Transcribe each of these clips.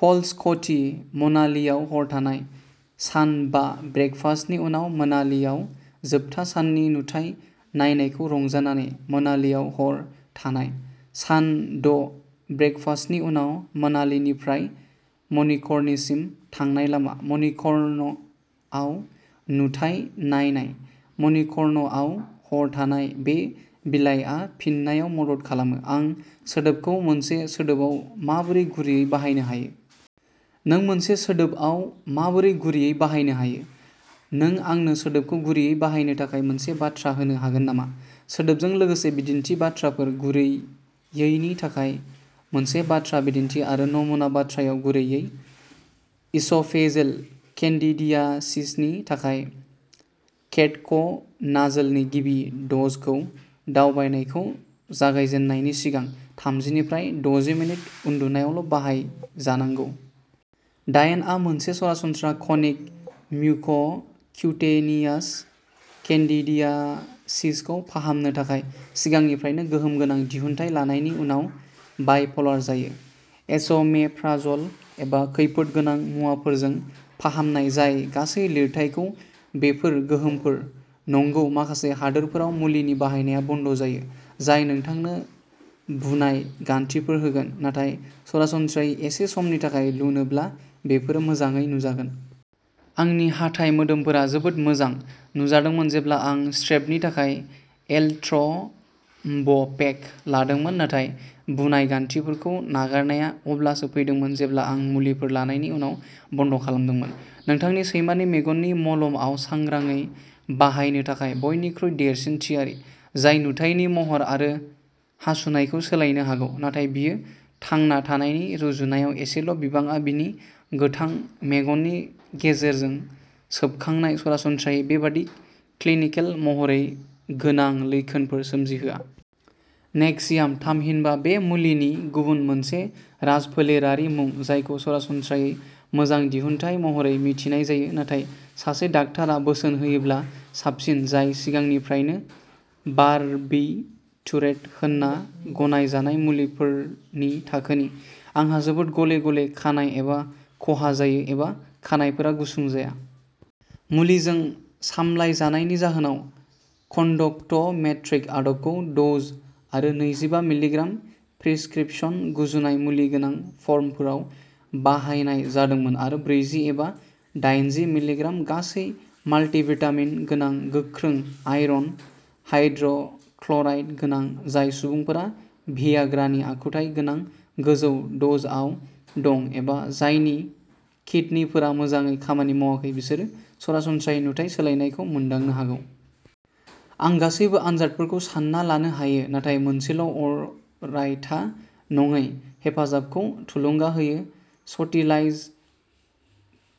Falls, क'थि। मनालीआव हर थानाय। सान बा ब्रेकफास्टनि उनाव मनालीआव जोबथा साननि नुथाय नायनायखौ रंजानानै। मनालीआव हर थानाय। सान द' ब्रेकफास्टनि उनाव मनालीनिफ्राय मणिकरणिसिम थांनाय लामा। मणिकरणआव नुथाय नायनाय। मणिकरणआव हर थानाय। बे बिलाइआ फिननायाव मदद खालामोः आं सोदोबखौ मोनसे सोदोबआव माबोरै गुरैयै बाहायनो हायो? नों मोनसे सोदोबआव माबोरै गुरैयै बाहायनो हायो? नों आंनो सोदोबखौ गुरैयै बाहायनो थाखाय मोनसे बाथ्रा होनो हागोन नामा? सोदोबजों लोगोसे बिदिन्थि बाथ्राफोर, गुरैयैनि थाखाय मोनसे बाथ्रा बिदिन्थि, आरो नमुना बाथ्राआव गुरैयै। इस'फेजेल केन्डिडियासिसनि थाखाय, केटक'नाजोलनि गिबि द'जखौ दावबायनायखौ जागायजेन्नायनि सिगां थामजि निफ्राय दजि मिनिट उन्दुनायावल'बाहायजानांगौ। डायेनआ मोनसे सरासनस्रा कनिक म्युक'क्युटेनियास केन्डिडियासिसखौ फाहामनो थाखाय सिगांनिफ्रायनो गोहोम गोनां दिहुनथाय लानायनि उनाव बाइप'लार जायो। एस'मेप्राज'ल एबा खैफोदगोनां मुवाफोरजों फाहामनाय जाय गासै लिरथाइखौ बेफोर गोहोमफोर। नंगौ, माखासे हादोरफोराव मुलिनि बाहायनाया बन्द'जायो, जाय नोंथांनो बुनाय गान्थिफोर होगोन, नाथाय सरासनस्रायै एसे समनि थाखाय लुनोब्ला, बेफोरो मोजाङै नुजागोन। आंनि हाथाइ मोदोमफोरा जोबोद मोजां नुजादोंमोन जेब्ला आं स्ट्रेपनि थाखाय एलट्रम्ब'पेग लादोंमोन, नाथाय बुनाय गान्थिफोरखौ नागारनाया अब्लासो फैदोंमोन जेब्ला आं मुलिफोर लानायनि उनाव बन्द'खालामदोंमोन। नोंथांनि सैमानि मेगननि मलमआव सांग्राङै बाहायनो थाखाय बयनिख्रुइ देरसिन थियारि, जाय नुथायनि महर आरो हासुनायखौ सोलायनो हागौ, नाथाय बियो थांना थानायनि रुजुनायाव एसेल'बिबांआ बिनि गोथां मेगननि गेजेरजों सोबखांनाय, सरासनस्रायै बेबादि क्लिनिकेल महरै गोनां लैखोनफोर सोमजिहोआ। नेक्सियाम थामहिनबा बे मुलिनि गुबुन मोनसे राजफोलेरारि मुं, जायखौ सरासनस्रायै मोजां दिहुनथाय महरै मिथिनाय जायो, नाथाय सासे डाक्टारा बोसोन होयोब्ला साबसिन, जाय सिगांनिफ्रायनो बार्बिटुरेट होनना गनायजानाय मुलिफोरनि थाखोनि। आंहा जोबोद गले-गले खानाय एबा खहा जायो एबा खानाइफोरा गुसुं जाया। मुलिजों सामलायजानायनि जाहोनाव। कन्डक्ट'मेट्रिक आदबखौ द'ज आरो नैजि बा मिलिग्राम प्रिस्क्रिप्शन गुजुनाय मुलि गोनां फर्मफोराव बाहायनाय जादोंमोन आरो ब्रैजि एबा दाइनजि मिलिग्राम गासै माल्टिभिटामिन गोनां गोख्रों आयरन हाइड्र'क्लराइड गोनां। जाय सुबुंफोरा भियाग्रानि आखुथाय गोनां गोजौ द'जआव दं एबा जायनि किदनिफोरा मोजाङै खामानि मावाखै, बिसोरो सरासनस्रायै नुथाइ सोलायनायखौ मोनदांनो हागौ। आं गासैबो आनजादफोरखौ सानना लानो हायो, नाथाय मोनसेल'अरायथा नङै हेफाजाबखौ थुलुंगा होयो स'टिलाइज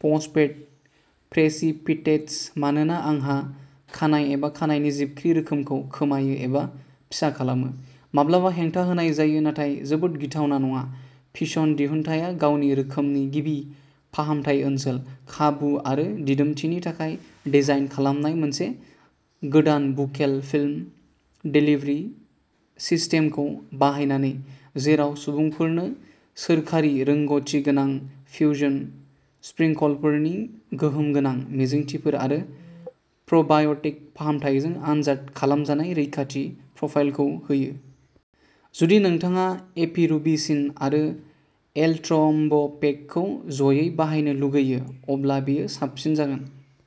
फस्फेट प्रेसिपिटेट्स मानोना आंहा खानाय एबा खानायनि जिबख्रि रोखोमखौ खोमायो एबा फिसा खालामो। माब्लाबा हेंथा होनाय जायो, नाथाय जोबोद गिथावना नङा, फिसन दिहुनथाया गावनि रोखोमनि गिबि फाहामथाय ओनसोल, खाबु आरो दिदोमथिनि थाखाय डिजाइन खालामनाय मोनसे गोदान बुकेल फिल्म देलिभरि सिस्टेमखौ बाहायनानै, जेराव सुबुंफोरनो सोरखारि रोंग'थि गोनां फ्युजन स्प्रिंकलफोरनि गोहोम गोनां मिजिंथिफोर आरो प्र'बाय'टिक फाहामथायजों आनजाद खालामजानाय रैखाथि प्रफाइलखौ होयो। जुदि नोंथाङा एपिरुबिसिन आरो एलट्र'म्ब'पेगखौ ज'यै बाहायनो लुगैयो, अब्ला बेयो साबसिन जागोन।